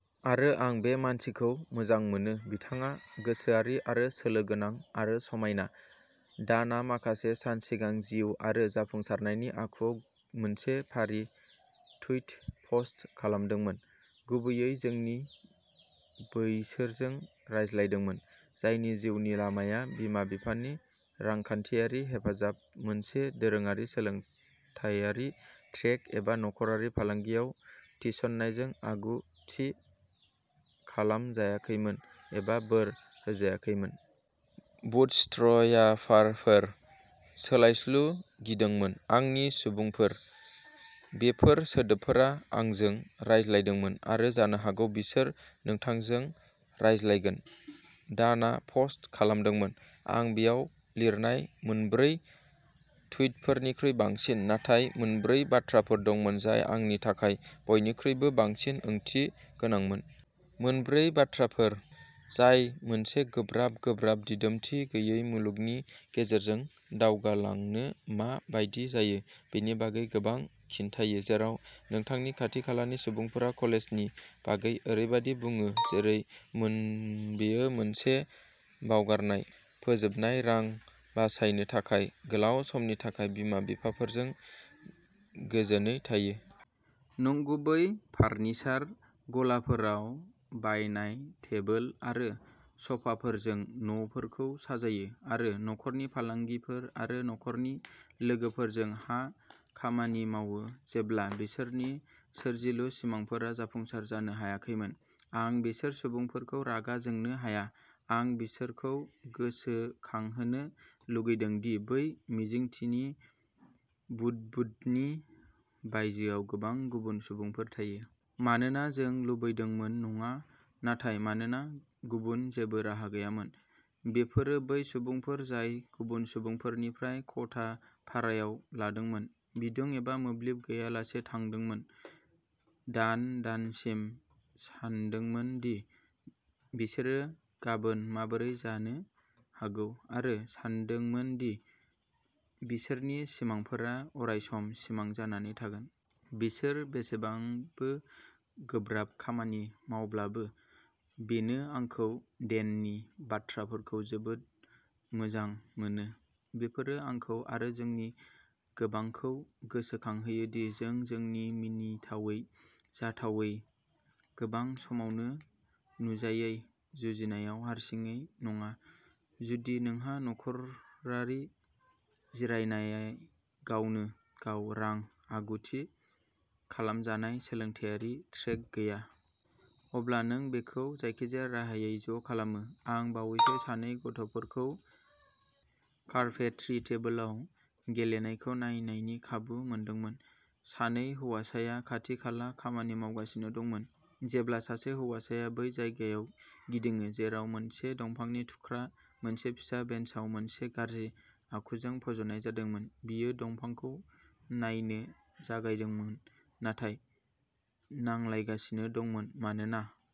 आरो आं बे मानसिखौ मोजां मोनो। बिथाङा गोसोआरि आरो सोलो गोनां आरो समायना। दानआ माखासे सान सिगां जिउ आरो जाफुंसारनायनि आखुआव मोनसे फारि टुइट पस्ट खालामदोंमोन। गुबैयै जोंनि बैसोरजों रायज्लायदोंमोन। जायनि जिउनि लामाया बिमा-बिफानि रांखान्थियारि हेफाजाब मोनसे दोरोङारि सोलोंथायारि ट्रेक एबा नखरारि फालांगियाव थिसननायजों आगु थि खालामजायाखैमोन एबा बोर होजायाखैमोन। बुटस्ट्र्यापारफोर। सोलायस्लु गिदोंमोन। आंनि सुबुंफोर। बेफोर सोदोबफोरा आंजों रायज्लायदोंमोन आरो जानो हागौ बिसोर नोंथांजों रायज्लायगोन। दानआ पस्ट खालामदोंमोन। आं बेयाव लिरनाय मोनब्रै टुइटफोरनिख्रुइ बांसिन। नाथाय मोनब्रै बाथ्राफोर दंमोन जाय आंनि थाखाय बयनिख्रुइबो बांसिन ओंथि गोनांमोन। मोनब्रै बाथ्राफोर जाय मोनसे गोब्राब गोब्राब दिदोमथि गैयै मुलुगनि गेजेरजों दावगालांनो मा बायदि जायो बेनि बागै गोबां खिन्थायो जेराव नोंथांनि खाथि-खालानि सुबुंफोरा कलेजनि बागै ओरैबायदि बुङो जेरै बेयो मोनसे बावगारनाय फोजोबनाय रां बासायनो थाखाय गोलाव समनि थाखाय बिमा-बिफाफोरजों गोजोनयै थायो। नंगुबै फारनिचार गलाफोराव बायनाय टेबोल आरो स'फाफोरजों न'फोरखौ साजायो। आरो नखरारि फालांगिफोर आरो नखरनि लोगोफोरजों हा खामानि मावो जेब्ला बिसोरनि सोरजिलु सिमांफोरा जाफुंसार जानो हायाखैमोन। आं बेसोर सुबुंफोरखौ रागा जोंनो हाया। आं बिसोरखौ गोसोखांहोनो लुगैदों दि बै मिजिंथिनि बुदबुदनि बायजोआव गोबां गुबुन सुबुंफोर थायो। मानोना जों लुबैदोंमोन नङा नाथाय मानोना गुबुन जेबो राहा गैयामोन। बेफोरो बै सुबुंफोर जाय गुबुन सुबुंफोरनिफ्राय खथा भारायाव लादोंमोन। बिदुं एबा मोब्लिब गैयालासे थांदोंमोन। दान-दानसिम सानदोंमोन दि बिसोरो गाबोन माबोरै जानो हागौ। आरो सानदोंमोन दि बिसोरनि सिमांफोरा अरायसम सिमां जानानै थागोन। बिसोर बेसेबांबो गोब्राब खामानि मावब्लाबो। बेनो आंखौ डेननि बाथ्राफोरखौ जोबोद मोजां मोनो। बेफोरो आंखौ आरो जोंनि गोबांखौ गोसोखांहोयो दि जों जोंनि मिनिथावै जाथावै गोबां समावनो नुजायै जुजिनायाव हारसिङै नङा। जुदि नोंहा नख'रारि जिरायनाय गावनो गाव रां आगु-थि खालामजानाय सोलोंथायारि ट्रेक गैया। अब्ला नों बेखौ जायखिजाया राहायै ज'खालामो। आं बावैसो सानै गथ'फोरखौ कारपेंट्रि टेबोलाव गेलेनायखौ नायनायनि खाबु मोनदोंमोन। सानै हौवासाया खाथि-खाला खामानि मावगासिनो दंमोन। जेब्ला सासे हौवासाया बै जायगायाव गिदिङो जेराव मोनसे दंफांनि थुख्रा मोनसे फिसा बेन्चआव मोनसे गाज्रि आखुजों फज'नाय जादोंमोन। बियो दंफांखौ नायनो जागायदोंमोन नाथाय नांलायगासिनो दंमोन मानोना